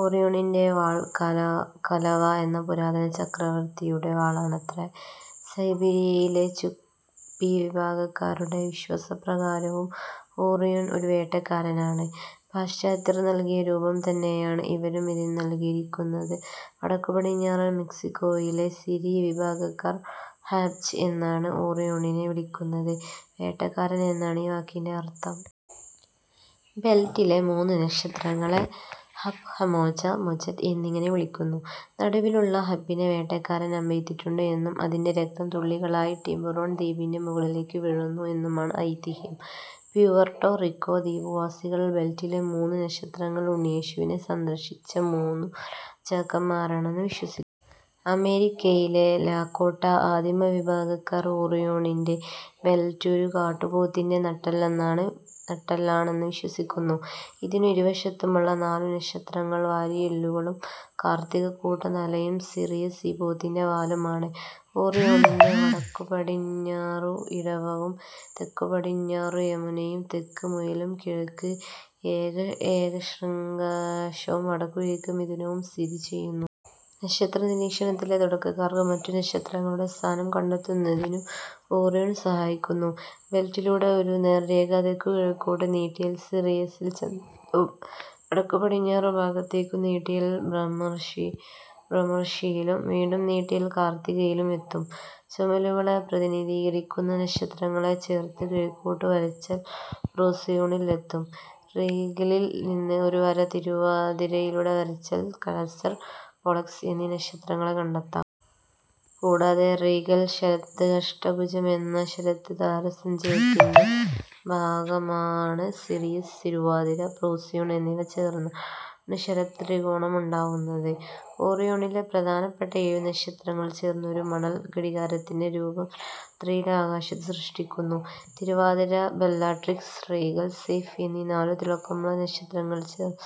ഓറിയോണിന്റെ വാൾ കലവാ എന്ന പുരാതന ചക്രവർത്തിയുടെ വാളാണത്രെ. സൈബീരിയയിലെ ചുക്ചി വിഭാഗക്കാരുടെ വിശ്വാസപ്രകാരവും ഓറിയോൺ ഒരു വേട്ടക്കാരനാണ്. പാശ്ചാത്യർ നൽകിയ രൂപം തന്നെയാണ് ഇവരും ഇതിന് നൽകിയിരിക്കുന്നത്. വടക്കു പടിഞ്ഞാറൻ മെക്സിക്കോയിലെ സിരി വിഭാഗക്കാർ ഹാപ്ജ് എന്നാണ് ഓറിയോണിനെ വിളിക്കുന്നത്. വേട്ടക്കാരൻ എന്നാണ് ഈ വാക്കിന്റെ അർത്ഥം. ബെൽറ്റിലെ മൂന്നു നക്ഷത്രങ്ങളെ ഹപ്, ഹാമോജ, മോജെറ്റ് എന്നിങ്ങനെ വിളിക്കുന്നു. നടുവിലുള്ള ഹപിനെ വേട്ടക്കാരൻ അമ്പെയ്തിട്ടുണ്ട് എന്നും അതിന്റെ രക്തം തുള്ളികളായി ടിബുറോൺ ദ്വീപിന്റെ മുകളിലേക്കു വീഴുന്നു എന്നുമാണ് ഐതിഹ്യം. പ്യൂവെർട്ടോ റിക്കോ ദ്വീപുവാസികൾ ബെൽറ്റിലെ മൂന്നു നക്ഷത്രങ്ങൾ ഉണ്ണിയേശുവിനെ സന്ദർശിച്ച മൂന്നു രാജാക്കന്മാരാണെന്നു വിശ്വസിക്കുന്നു. അമേരിക്കയിലെ ലക്കോട്ട ആദിമ വിഭാഗക്കാർ ഓറിയോണിന്റെ ബെൽറ്റ് ഒരു കാട്ടുപോത്തിന്റെ നട്ടെല്ലാണ് എന്നു വിശ്വസിക്കുന്നു. ഇതിനു് ഇരുവശത്തുമുള്ള നാലു നക്ഷത്രങ്ങൾ വാരിയെല്ലുകളും കാർത്തികക്കൂട്ടം തലയും സിറിയസ് ഈ പോത്തിന്റെ വാലും ആണ്. ഓറിയോണിന്റെ വടക്കുപടിഞ്ഞാറു ഇടവവും തെക്കുപടിഞ്ഞാറു യമുനയും തെക്ക് മുയലും കിഴക്ക് ഏകശൃംഗാശ്വവും വടക്കുകിഴക്ക് മിഥുനവും സ്ഥിതി ചെയ്യുന്നു. നക്ഷത്ര നിരീക്ഷണത്തിലെ തുടക്കക്കാർക്ക് മറ്റു നക്ഷത്രങ്ങളുടെ സ്ഥാനം കണ്ടെത്തുന്നതിനും ഒറിയോൺ സഹായിക്കുന്നു. ബെൽറ്റിലൂടെ ഒരു നേർരേഖ തെക്കുകിഴക്കോട്ട് നീട്ടിയാൽ സിറിയസിൽ ചെന്നെത്തും. വടക്കുപടിഞ്ഞാറു ഭാഗത്തേക്കു നീട്ടിയാൽ ബ്രഹ്മർഷിയിലും, വീണ്ടും നീട്ടിയാൽ കാർത്തികയിലും എത്തും. ചുമലുകളെ പ്രതിനിധീകരിക്കുന്ന നക്ഷത്രങ്ങളെ ചേർത്ത് കിഴക്കോട്ടു വരച്ചാൽ പ്രോസിയോണിൽ എത്തും. റീഗലിൽ നിന്ന് ഒരു വര തിരുവാതിരയിലൂടെ വരച്ചാൽ കാസ്റ്റർ, പോളക്സ് എന്നീ നക്ഷത്രങ്ങളെ കണ്ടെത്താം. കൂടാതെ റീഗൽ ശരത് അഷ്ടഭുജം എന്ന ശരത് താരസഞ്ചയത്തിന്റെ ഭാഗമാണ്. സിറിയസ്, തിരുവാതിര, പ്രോസിയോൺ എന്നിവ ചേർന്നാണ് ശരത് ത്രികോണം ഉണ്ടാവുന്നത്. ഓറിയോണിലെ പ്രധാനപ്പെട്ട ഏഴു നക്ഷത്രങ്ങൾ ചേർന്ന് ഒരു മണൽ ഘടികാരത്തിന്റെ രൂപം രാത്രിയിലെ ആകാശത്ത് സൃഷ്ടിക്കുന്നു. തിരുവാതിര, ബെല്ലാട്രിക്സ്, റീഗൽ, സെയ്ഫ് എന്നീ നാലു തിളക്കമുള്ള നക്ഷത്രങ്ങൾ ചേർന്ന്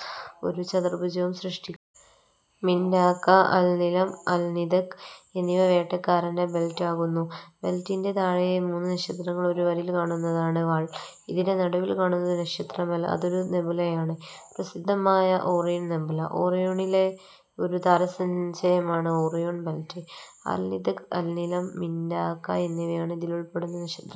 ഒരു ചതുർഭുജവും സൃഷ്ടിക്കുന്നു. മിന്റാക്ക, അൽനിലം, അൽനിതക് എന്നിവ വേട്ടക്കാരന്റെ ബെൽറ്റ് ആകുന്നു. ബെൽറ്റിന്റെ താഴെയായി മൂന്നു നക്ഷത്രങ്ങൾ ഒരു വരിയിൽ കാണുന്നതാണ് വാൾ. ഇതിലെ നടുവിൽ കാണുന്നത് ഒരു നക്ഷത്രമല്ല. അതൊരു നെബുലയാണ്. പ്രസിദ്ധമായ ഓറിയൺ നെബുല. ഓറിയോണിലെ ഒരു താരസഞ്ചയമാണ് Orion belt. Alnitak, Alnilam, Mintaka എന്നിവയാണ് ഇതിലുൾപ്പെടുന്ന നക്ഷത്രങ്ങൾ.